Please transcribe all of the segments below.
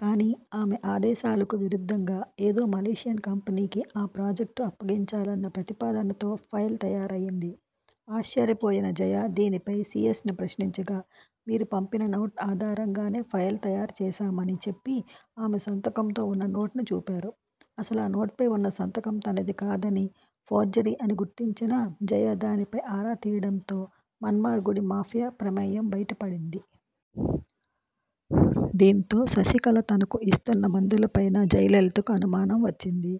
కానీ ఆమె ఆదేశాలకు విరుద్ధంగా ఏదో మలేషియన్ కంపెనీకి ఆ ప్రాజెక్టు అప్పగించాలన్న ప్రతిపాదనతో ఫైల్ తయారైంది. ఆశ్చర్యపోయిన జయ దీనిపై సీఎస్ను ప్రశ్నించగా 'మీరు పంపిన నోట్ ఆధారంగానే ఫైల్ తయారు చేశామ'ని చెప్పి, ఆమె సంతకంతో ఉన్న నోట్ను చూపారు. అసలు ఆ నోట్పై ఉన్న సంతకం తనదికాదని, ఫోర్జరీ అని గుర్తించిన జయ దానిపై ఆరా తీయడంతో మన్నార్ గుడి మాఫియా ప్రమేయం బయటపడింది. దీంతో శశికళ తనకు ఇస్తున్న మందులపైనా జయలలితకు అనుమానం వచ్చింది.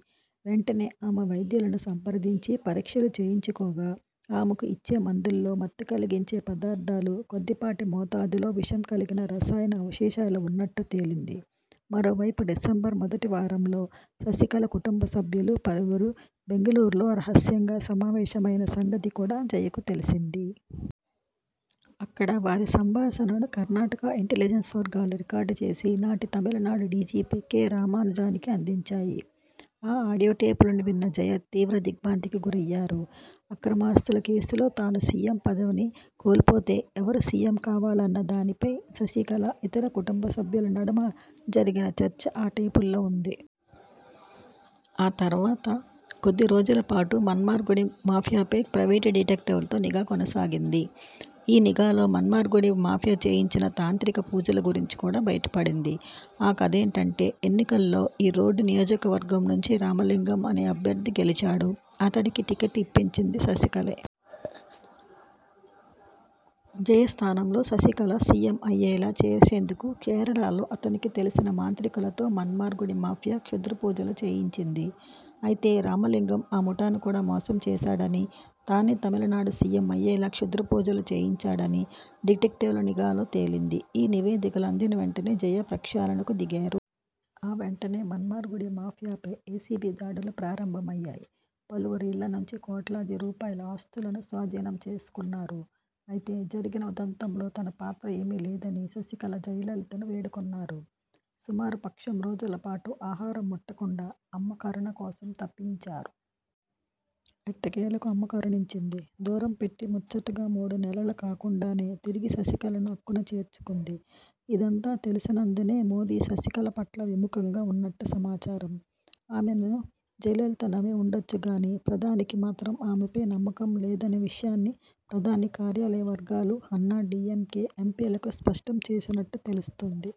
వెంటనే ఆమె వైద్యులను సంప్రదించి పరీక్షలు చేయించుకోగా ఆమెకు ఇచ్చే మందుల్లో మత్తు కలిగించే పదార్థాలు, కొద్దిపాటి మోతాదులో విషం కలిగిన రసాయన అవశేషాలు ఉన్నట్టు తేలింది. మరోవైపు డిసెంబరు మొదటి వారంలో శశికళ కుటుంబ సభ్యులు పలువురు బెంగళూరులో రహస్యంగా సమావేశమైన సంగతి కూడా జయకు తెలిసింది. అక్కడ వారి సంభాషణను కర్ణాటక ఇంటెలిజెన్స్ వర్గాలు రికార్డు చేసి నాటి తమిళనాడు డీజీపీ కె. రామానుజానికి అందించాయి. ఆ ఆడియో టేపులను విన్న జయ తీవ్ర దిగ్ర్భాంతికి గురయ్యారు. అక్రమాస్తుల కేసులో తాను సీఎం పదవిని కోల్పోతే, ఎవరు సీఎం కావాలన్న దానిపై శశికళ, ఇతర కుటుంబ సభ్యుల నడుమ జరిగిన చర్చ ఆ టేపుల్లో ఉంది. ఆ తర్వాత కొద్ది రోజులపాటు మన్నార్ గుడి మాఫియాపై ప్రైవేటు డిటెక్టివ్లతో నిఘా కొనసాగింది. ఈ నిఘాలో మన్నార్గుడి మాఫియా చేయించిన తాంత్రిక పూజల గురించి కూడా బయటపడింది. ఆ కథేంటంటే ఎన్నికల్లో ఈరోడ్ నియోజకవర్గం నుంచి రామలింగం అనే అభ్యర్థి గెలిచాడు. అతడికి టిక్కెట్టు ఇప్పించింది శశికళే. జయ స్థానంలో శశికళ సీఎం అయ్యేలా చేసేందుకు కేరళలో అతడికి తెలిసిన మాంత్రికులతో మన్నార్గుడి మాఫియా క్షుద్రపూజలు చేయించింది. అయితే రామలింగం ఆ ముఠాను కూడా మోసం చేశాడని, తానే తమిళనాడు సీఎం అయ్యేలా క్షుద్రపూజలు చేయించాడని డిటెక్టివ్ల నిఘాలో తేలింది. ఈ నివేదికలు అందిన వెంటనే జయ ప్రక్షాళనకు దిగారు. ఆ వెంటనే మన్నార్ గుడి మాఫియాపై ఏసీబీ దాడులు ప్రారంభమయ్యాయి. పలువురి ఇళ్ల నుంచి కోట్లాది రూపాయల ఆస్తులను స్వాధీనం చేసుకొన్నారు. అయితే, జరిగిన ఉదంతంలో తన పాత్ర ఏమీ లేదని శశికళ జయలలితను వేడుకొన్నారు. సుమారు పక్షం రోజులపాటు ఆహారం ముట్టకుండా అమ్మ కరుణ కోసం తపించారు. ఎట్టకేలకు అమ్మ కరుణించింది. దూరం పెట్టి ముచ్చటగా మూడనెలలు కాకుండానే తిరిగి శశికళను అక్కున చేర్చుకుంది. ఇదంతా తెలిసినందునే మోదీ శశికళ పట్ల విముఖంగా ఉన్నట్టు సమాచారం. ఆమెను జయలలిత నమ్మి ఉండొచ్చుగానీ ప్రధానికి మాత్రం ఆమెపై నమ్మకం లేదనే విషయాన్ని ప్రధాని కార్యాలయ వర్గాలు అన్నాడీఎంకే ఎంపీలకు స్పష్టం చేసినట్టు తెలుస్తోంది.